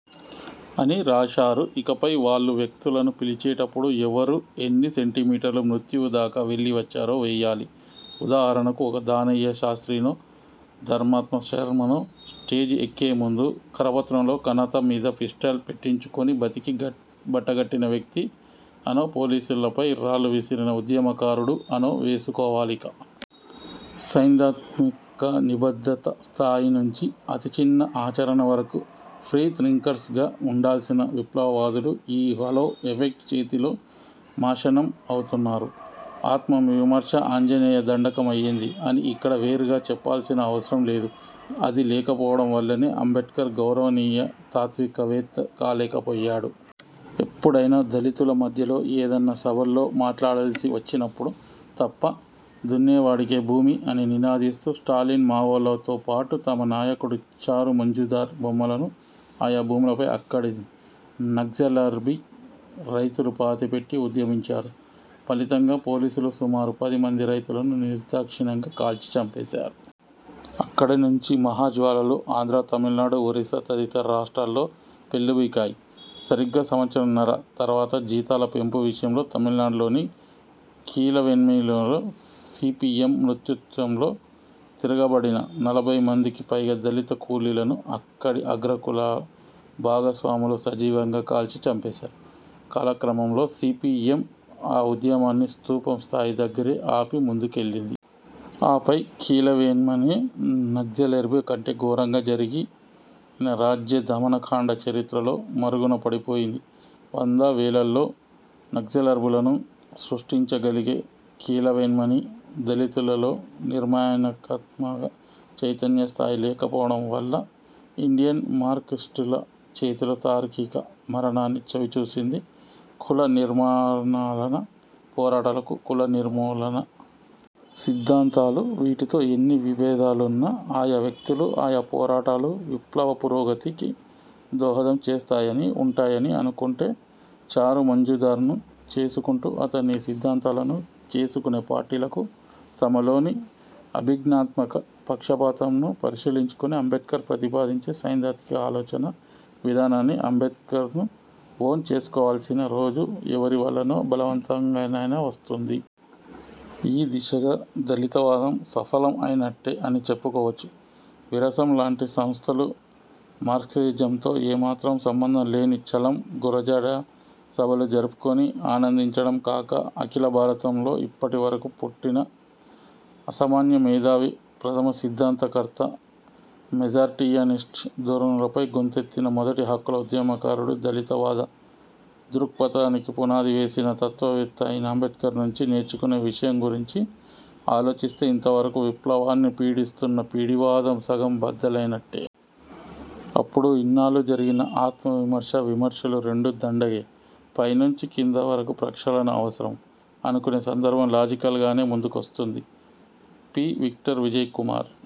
అని రాశారు. ఇకపై వాళ్ళు వక్తలను పిలిచేటప్పుడు, ఎవరు ఎన్ని సెంటిమీటర్లు మృత్యువు దాకా వెళ్ళి వచ్చారో వేయాలి. ఉదాహరణకు ఒక దానయ్య శాస్త్రినో, ధర్మాత్మ శర్మనో స్టేజ్ ఎక్కించే ముందు కరపత్రంలో ''కణత మీద పిస్టల్ పెట్టించుకుని బతికి బట్ బట్టగట్టిన వ్యక్తి'' అనో, ''పోలీసులపై రాళ్ళు విసిరిన ఉద్యమకారుడు'' అనో వేసుకోవాలి ఇక. సైద్ధాంతిక నిబద్ధత స్థాయి నుంచి, అతి చిన్న ఆచరణ వరకు 'ఫ్రీ థింకర్స్'గా ఉండాల్సిన విప్లవ వాదులు ఈ 'హాలో ఎఫెక్ట్' చేతిలో మాశానం అవుతున్నారు. 'ఆత్మ విమర్శ' ఆంజనేయ దండకం అయ్యింది అని ఇక్కడ వేరుగా చెప్పాల్సిన అవసరం లేదు. అది లేకపోవడం వల్లనే అంబేడ్కర్ గౌరవనీయ తాత్వికవేత్త కాలేకపోయాడు. ఎప్పుడైనా దళితుల మధ్యలో ఏదన్నా సభల్లో మాట్లాడాల్సి వచ్చినప్పుడు తప్ప. 'దున్నేవాడికే భూమి' అని నినాదిస్తూ స్టాలిన్, మావోలతో పాటు తమ నాయకుడు చారు మజుందార్ బొమ్మలను ఆయా భూములపై అక్కడి నగ్జల్బరీ రైతులు పాతిపెట్టి ఉద్యమించారు.. ఫలితంగా పోలీసులు సుమారు పది మంది రైతులను నిర్దాక్షిణ్యంగా కాల్చి చంపేసారు. అక్కడి నుంచి మహా జ్వాలలు ఆంధ్ర, తమిళనాడు, ఒరిస్సా తదితర రాష్ట్రాల్లో పెల్లుబికాయి. సరిగ్గా సంవత్సరన్నర తర్వాత, జీతాల పెంపు విషయంలో తమిళనాడులోని కీలవేన్మణిలో సీపీఎం నేతృత్వంలో తిరగబడిన నలభై మందికి పైగా దళిత కూలీలను అక్కడి అగ్రకుల భూస్వాములు సజీవంగా కాల్చి చంపేసారు. కాలక్రమంలో సీపీఎం ఆ ఉద్యమాన్ని స్థూపం స్థాయి దగ్గరే ఆపి ముందుకెళ్ళింది. ఆపై కీలవేన్మణి, నగ్జల్బరీ కంటే ఘోరంగా జరిగిన రాజ్య దమనకాండ చరిత్రలో మరుగున పడిపోయింది. వంద, వేలల్లో నగ్జల్బరులను సృష్టించగలిగే కీలవేన్మణి, దళితులలో నిర్ణయాణ్ కత్త త్మక చైతన్య స్థాయి లేకపోవడం వల్ల, ఇండియన్ మార్క్సిస్టుల చేతిలో తార్కిక మరణాన్ని చవిచూసింది. కుల నిర్మూలనా పోరాటాలు, కుల నిర్మూలనా సిద్ధాంతాలు వీటితో ఎన్ని విభేదాలున్నా ఆయా వ్యక్తులు, ఆయా పోరాటాలు విప్లవ పురోగతికి దోహదం చేస్తాయనీ, ఉంటాయనీ అనుకుంటే, చారు మజుందార్ను '' చేసుకుంటూ అతని సిద్ధాంతాలను '' చేసుకునే పార్టీలకు, తమలోని అభిజ్ఞాత్మక పక్షపాతం ను పరిశీలించుకుని అంబేడ్కర్ ప్రతిపాదించే సైద్ధాంతిక ఆలోచన విధానాన్నీ, అంబేడ్కర్నూ 'ఓన్' చేసుకోవాల్సిన రోజు ఎవరి వల్లనో బలవంతంగానైనా వస్తుంది. ఈ దిశగా దళితవాదం సఫలం అయినట్టే అని చెప్పుకోవచ్చు. విరసం లాంటి సంస్థలు మార్క్సిజంతో ఏమాత్రం సంబంధం లేని చలం, గురజాడ సభలు జరుపుకుని ఆనందించడం కాక అఖిల భారతంలో ఇప్పటి వరకు పుట్టిన అసామాన్య మేధావి, ప్రథమ సిద్ధాంత కర్త, మెజారిటేరియనిస్ట్ ధోరణులపై గొంతెత్తిన మొదటి హక్కుల ఉద్యమకారుడు, దళితవాద దృక్పథానికి పునాదివేసిన తత్వవేత్త అయిన అంబేడ్కర్ నుంచి నేర్చుకునే విషయం గురించి ఆలోచిస్తే ఇంత వరకు విప్లవాన్ని పీడిస్తున్న పిడివాదం సగం బద్దలైనట్టే. అప్పుడు ఇన్నాళ్ళు జరిగిన ''ఆత్మ విమర్శ, విమర్శలు రెండూ దండగే, పై నుంచి కింద వరకు ప్రక్షాళన అవసరం'' అనుకునే సందర్భం లాజికల్ గానే ముందుకొస్తుంది. పి.విక్టర్ విజయ్ కుమార్